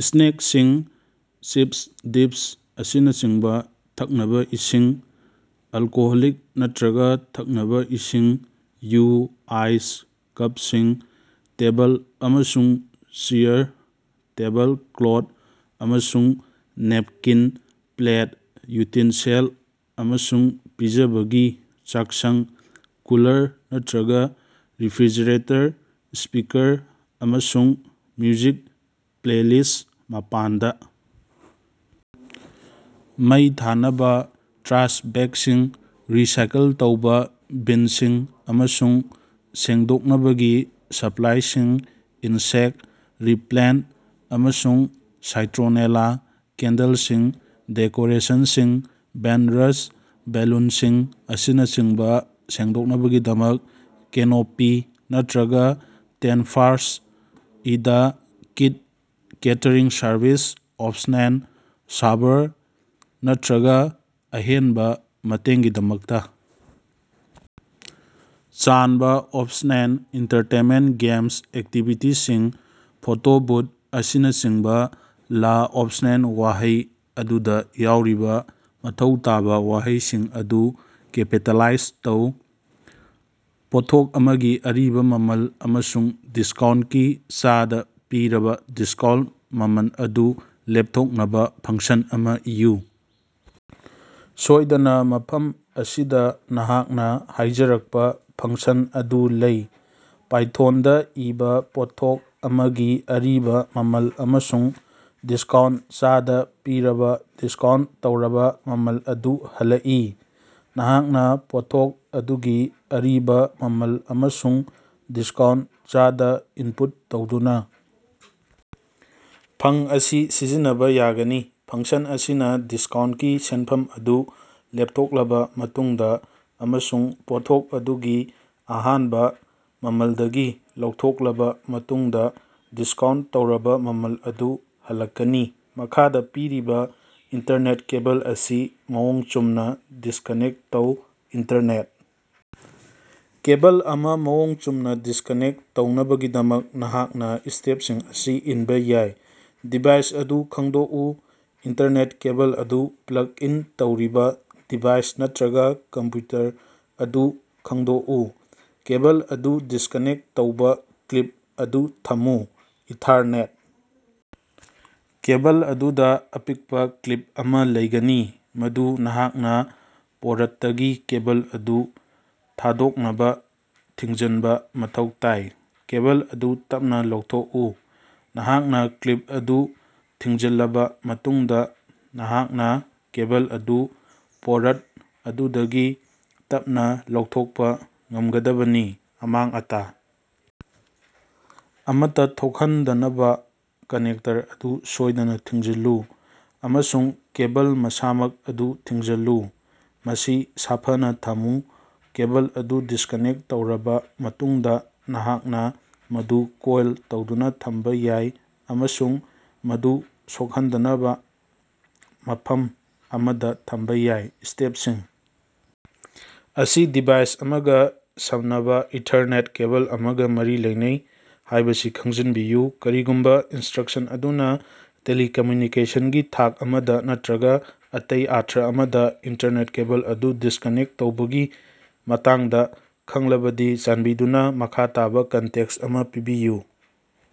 Snacking (chips, dips, ꯑꯁꯤꯅꯆꯤꯡꯕ) ꯊꯛꯅꯕ ꯏꯁꯤꯡ (ꯑꯜꯀꯣꯍꯣꯂꯤꯛ ꯅꯠꯇꯕ ꯊꯛꯅꯕ ꯏꯁꯤꯡ, ꯌꯨ, ꯑꯥꯏꯁ, ꯀꯞꯁꯤꯡ) ꯇꯦꯕꯜ ꯑꯃꯁꯨꯡ ꯆꯦꯌꯔ ꯇꯦꯕꯜ ꯀ꯭ꯂꯣꯊ ꯑꯃꯁꯨꯡ ꯅꯦꯞꯀꯤꯟ ꯄ꯭ꯂꯦꯠ, ꯌꯨꯇꯦꯟꯁꯤꯜ, ꯑꯃꯁꯨꯡ ꯄꯤꯖꯕꯒꯤ ꯆꯥꯛꯁꯪ ꯀꯨꯂꯔ ꯅꯠꯇ꯭ꯔꯒ ꯔꯦꯐ꯭ꯔꯤꯖꯔꯦꯇꯔ ꯁ꯭ꯄꯤꯀꯔ ꯑꯃꯁꯨꯡ ꯃ꯭ꯌꯨꯖꯤꯛ ꯄ꯭ꯂꯦꯂꯤꯁ ꯃꯄꯥꯟꯗ ꯃꯩ ꯊꯥꯅꯕ ꯇ꯭ꯔꯥꯁ ꯕꯦꯒꯁꯤꯡ, ꯔꯤꯁꯥꯏꯀꯜ ꯇꯧꯕ ꯕꯤꯟꯁꯤꯡ, ꯑꯃꯁꯨꯡ ꯁꯦꯡꯗꯣꯛꯅꯕꯒꯤ ꯁꯄ꯭ꯂꯥꯏꯁꯤꯡ ꯏꯟꯁꯦꯛ ꯔꯤꯄꯦꯂꯦꯟꯠ ꯑꯃꯁꯨꯡ ꯁꯥꯏꯇ꯭ꯔꯣꯅꯦꯂꯥ ꯀꯦꯟꯗꯜꯁꯤꯡ ꯗꯦꯀꯣꯔꯦꯁꯟꯁꯤꯡ (ꯕꯦꯅꯔꯁ, ꯕꯦꯂꯨꯟꯁꯤꯡ, ꯑꯁꯤꯅꯆꯤꯡꯕ) ꯁꯦꯡꯗꯣꯛꯅꯕꯒꯤꯗꯃꯛ ꯀꯦꯅꯣꯄꯤ ꯅꯠꯇ꯭ꯔꯒ tent first aid kit catering service (optional) server ꯅꯠꯇ꯭ꯔꯒ ꯑꯍꯦꯟꯕ ꯃꯇꯦꯡꯒꯤꯗꯃꯛꯇ꯫ ꯆꯥꯟꯕ (ꯑꯣꯞꯁꯅꯦꯜ) ꯑꯦꯟꯇꯔꯇꯦꯟꯃꯦꯟꯠ (ꯒꯦꯝꯁ, ꯑꯦꯛꯇꯤꯚꯤꯇꯤꯁꯤꯡ, ꯐꯣꯇꯣ ꯕꯨꯊ, ꯑꯁꯤꯅꯆꯤꯡꯕ) ꯂꯑꯣꯞꯁꯅꯦꯜ꯫ ꯋꯥꯍꯩ ꯑꯗꯨꯗ ꯌꯥꯎꯔꯤꯕ ꯃꯊꯧ ꯇꯥꯕ ꯋꯥꯍꯩꯁꯤꯡ ꯑꯗꯨ ꯀꯦꯄꯤꯇꯦꯂꯥꯏꯖ ꯇꯧ꯫ ꯄꯣꯠꯊꯣꯛ ꯑꯃꯒꯤ ꯑꯔꯤꯕ ꯃꯃꯜ ꯑꯃꯁꯨꯡ ꯗꯤꯁꯀꯥꯎꯟꯠꯀꯤ ꯆꯥꯗ ꯄꯤꯔꯕ ꯗꯤꯁꯀꯥꯎꯟꯠ ꯃꯃꯜ ꯑꯗꯨ ꯂꯦꯄꯊꯣꯛꯅꯕ ꯐꯪꯁꯟ ꯑꯃ ꯏꯌꯨ꯫ ꯁꯣꯏꯗꯅ, ꯃꯐꯝ ꯑꯁꯤꯗ ꯅꯍꯥꯛꯅ ꯍꯥꯏꯖꯔꯛꯄ ꯐꯪꯁꯟ ꯑꯗꯨ ꯂꯩ, ꯄꯥꯏꯊꯣꯟꯗ ꯏꯕ, ꯄꯣꯠꯊꯣꯛ ꯑꯃꯒꯤ ꯑꯔꯤꯕ ꯃꯃꯜ ꯑꯃꯁꯨꯡ ꯗꯤꯁꯀꯥꯎꯟꯠ ꯆꯥꯗ ꯄꯤꯔꯕ ꯗꯤꯁꯀꯥꯎꯟꯠ ꯇꯧꯔꯕ ꯃꯃꯜ ꯑꯗꯨ ꯍꯜꯂꯛꯏ꯫ ꯅꯍꯥꯛꯅ ꯄꯣꯠꯊꯣꯛ ꯑꯗꯨꯒꯤ ꯑꯔꯤꯕ ꯃꯃꯜ ꯑꯃꯁꯨꯡ ꯗꯤꯁꯀꯥꯎꯟꯠ ꯆꯥꯗ ꯏꯟꯄꯨꯠ ꯇꯧꯗꯨꯅ ꯐꯪ ꯑꯁꯤ ꯁꯤꯖꯤꯟꯅꯕ ꯌꯥꯒꯅꯤ꯫ ꯐꯪꯁꯟ ꯑꯁꯤꯅ ꯗꯤꯁꯀꯥꯎꯟꯠꯀꯤ ꯁꯦꯟꯐꯝ ꯑꯗꯨ ꯂꯦꯞꯊꯣꯛꯂꯕ ꯃꯇꯨꯡꯗ ꯑꯃꯁꯨꯡ ꯄꯣꯠꯊꯣꯛ ꯑꯗꯨꯒꯤ ꯑꯍꯥꯟꯕ ꯃꯃꯜꯗꯒꯤ ꯂꯧꯊꯣꯛꯂꯕ ꯃꯇꯨꯡꯗ ꯗꯤꯁꯀꯥꯎꯟꯠ ꯇꯧꯔꯕ ꯃꯃꯜ ꯑꯗꯨ ꯍꯜꯂꯛꯀꯅꯤ꯫ ꯃꯈꯥꯗ ꯄꯤꯔꯤꯕ ꯏꯟꯇꯔꯅꯦꯠ ꯀꯦꯕꯜ ꯑꯁꯤ ꯃꯑꯣꯡ ꯆꯨꯝꯅ ꯗꯤꯁꯀꯅꯦꯛ ꯇꯧ꯫ ꯏꯟꯇꯔꯅꯦꯠ ꯀꯦꯕꯜ ꯑꯃ ꯃꯑꯣꯡ ꯆꯨꯝꯅ ꯗꯤꯁꯀꯅꯦꯛ ꯇꯧꯅꯕꯒꯤꯗꯃꯛ, ꯅꯍꯥꯛꯅ ꯁ꯭ꯇꯦꯞꯁꯤꯡ ꯑꯁꯤ ꯏꯟꯕ ꯌꯥꯏ: ꯗꯤꯚꯥꯏꯁ ꯑꯗꯨ ꯈꯪꯗꯣꯛꯎ: ꯏꯟꯇꯔꯅꯦꯠ ꯀꯦꯕꯜ ꯑꯗꯨ ꯄ꯭ꯂꯒ ꯏꯟ ꯇꯧꯔꯤꯕ ꯗꯤꯚꯥꯏꯁ ꯅꯠꯇ꯭ꯔꯒ ꯀꯝꯄ꯭ꯌꯨꯇꯔ ꯑꯗꯨ ꯈꯪꯗꯣꯛꯎ꯫ ꯀꯦꯕꯜ ꯑꯗꯨ ꯗꯤꯁꯀꯅꯦꯛ ꯇꯧꯕ꯫ ꯀ꯭ꯂꯤꯞ ꯑꯗꯨ ꯊꯝꯃꯨ: ꯏꯊꯥꯔꯅꯦꯠ ꯀꯦꯕꯜ ꯑꯗꯨꯗ ꯑꯄꯤꯛꯄ ꯀ꯭ꯂꯤꯞ ꯑꯃ ꯂꯩꯒꯅꯤ, ꯃꯗꯨ ꯅꯍꯥꯛꯅ ꯄꯣꯔꯠꯇꯒꯤ ꯀꯦꯕꯜ ꯑꯗꯨ ꯊꯥꯗꯣꯛꯅꯕ ꯊꯤꯡꯖꯤꯟꯕ ꯃꯊꯧ ꯇꯥꯏ꯫ ꯀꯦꯕꯜ ꯑꯗꯨ ꯇꯞꯅ ꯂꯧꯊꯣꯛꯎ: ꯅꯍꯥꯛꯅ ꯀ꯭ꯂꯤꯞ ꯑꯗꯨ ꯊꯤꯡꯖꯤꯜꯂꯕ ꯃꯇꯨꯡꯗ, ꯅꯍꯥꯛꯅ ꯀꯦꯕꯜ ꯑꯗꯨ ꯄꯣꯔꯠ ꯑꯗꯨꯗꯒꯤ ꯇꯞꯅ ꯂꯧꯊꯣꯛꯄ ꯉꯝꯒꯗꯕꯅꯤ꯫ ꯑꯃꯥꯡ-ꯑꯇꯥ ꯑꯃꯠꯇ ꯊꯣꯛꯍꯟꯗꯅꯕ ꯀꯅꯦꯛꯇꯔ ꯑꯗꯨ ꯁꯣꯏꯗꯅ ꯊꯤꯡꯖꯤꯜꯂꯨ ꯑꯃꯁꯨꯡ ꯀꯦꯕꯜ ꯃꯁꯥꯃꯛ ꯑꯗꯨ ꯊꯤꯡꯖꯤꯜꯂꯨ꯫ ꯃꯁꯤ ꯁꯥꯐꯅ ꯊꯝꯃꯨ: ꯀꯦꯕꯜ ꯑꯗꯨ ꯗꯤꯁꯀꯅꯦꯛꯇ ꯇꯧꯔꯕ ꯃꯇꯨꯡꯗ, ꯅꯍꯥꯛꯅ ꯃꯗꯨ ꯀꯣꯏꯜ ꯇꯧꯗꯨꯅ ꯊꯝꯕ ꯌꯥꯏ ꯑꯃꯁꯨꯡ ꯃꯗꯨ ꯁꯣꯛꯍꯟꯗꯕ ꯃꯐꯝ ꯑꯃꯗ ꯊꯝꯕ ꯌꯥꯏ꯫ ꯁ꯭ꯇꯦꯞꯁꯤꯡ ꯑꯁꯤ ꯗꯤꯚꯥꯏꯁ ꯑꯃꯒ ꯁꯝꯅꯕ ꯏꯊꯥꯔꯅꯦꯠ ꯀꯦꯕꯜ ꯑꯃꯒ ꯃꯔꯤ ꯂꯩꯅꯩ ꯍꯥꯏꯕꯁꯤ ꯈꯪꯖꯤꯟꯕꯤꯌꯨ꯫ ꯀꯔꯤꯒꯨꯝꯕ ꯏꯟꯁꯇ꯭ꯔꯛꯁꯟ ꯑꯗꯨꯅ ꯇꯦꯂꯤꯀꯃ꯭ꯌꯨꯅꯤꯀꯦꯁꯟꯒꯤ ꯊꯥꯛ ꯑꯃꯗ ꯅꯠꯇ꯭ꯔꯒ ꯑꯇꯩ ꯑꯔꯊ ꯑꯃꯗ ꯏꯟꯇꯔꯅꯦꯠ ꯀꯦꯕꯜ ꯑꯗꯨ ꯗꯤꯁꯀꯅꯦꯛ ꯇꯧꯕꯒꯤ ꯃꯇꯥꯡꯗ ꯈꯪꯂꯕꯗꯤ ꯆꯥꯟꯕꯤꯗꯨꯅ ꯃꯈꯥ ꯇꯥꯕ ꯀꯟꯇꯦꯛꯁ ꯑꯃ ꯄꯤꯕꯤꯌꯨ꯫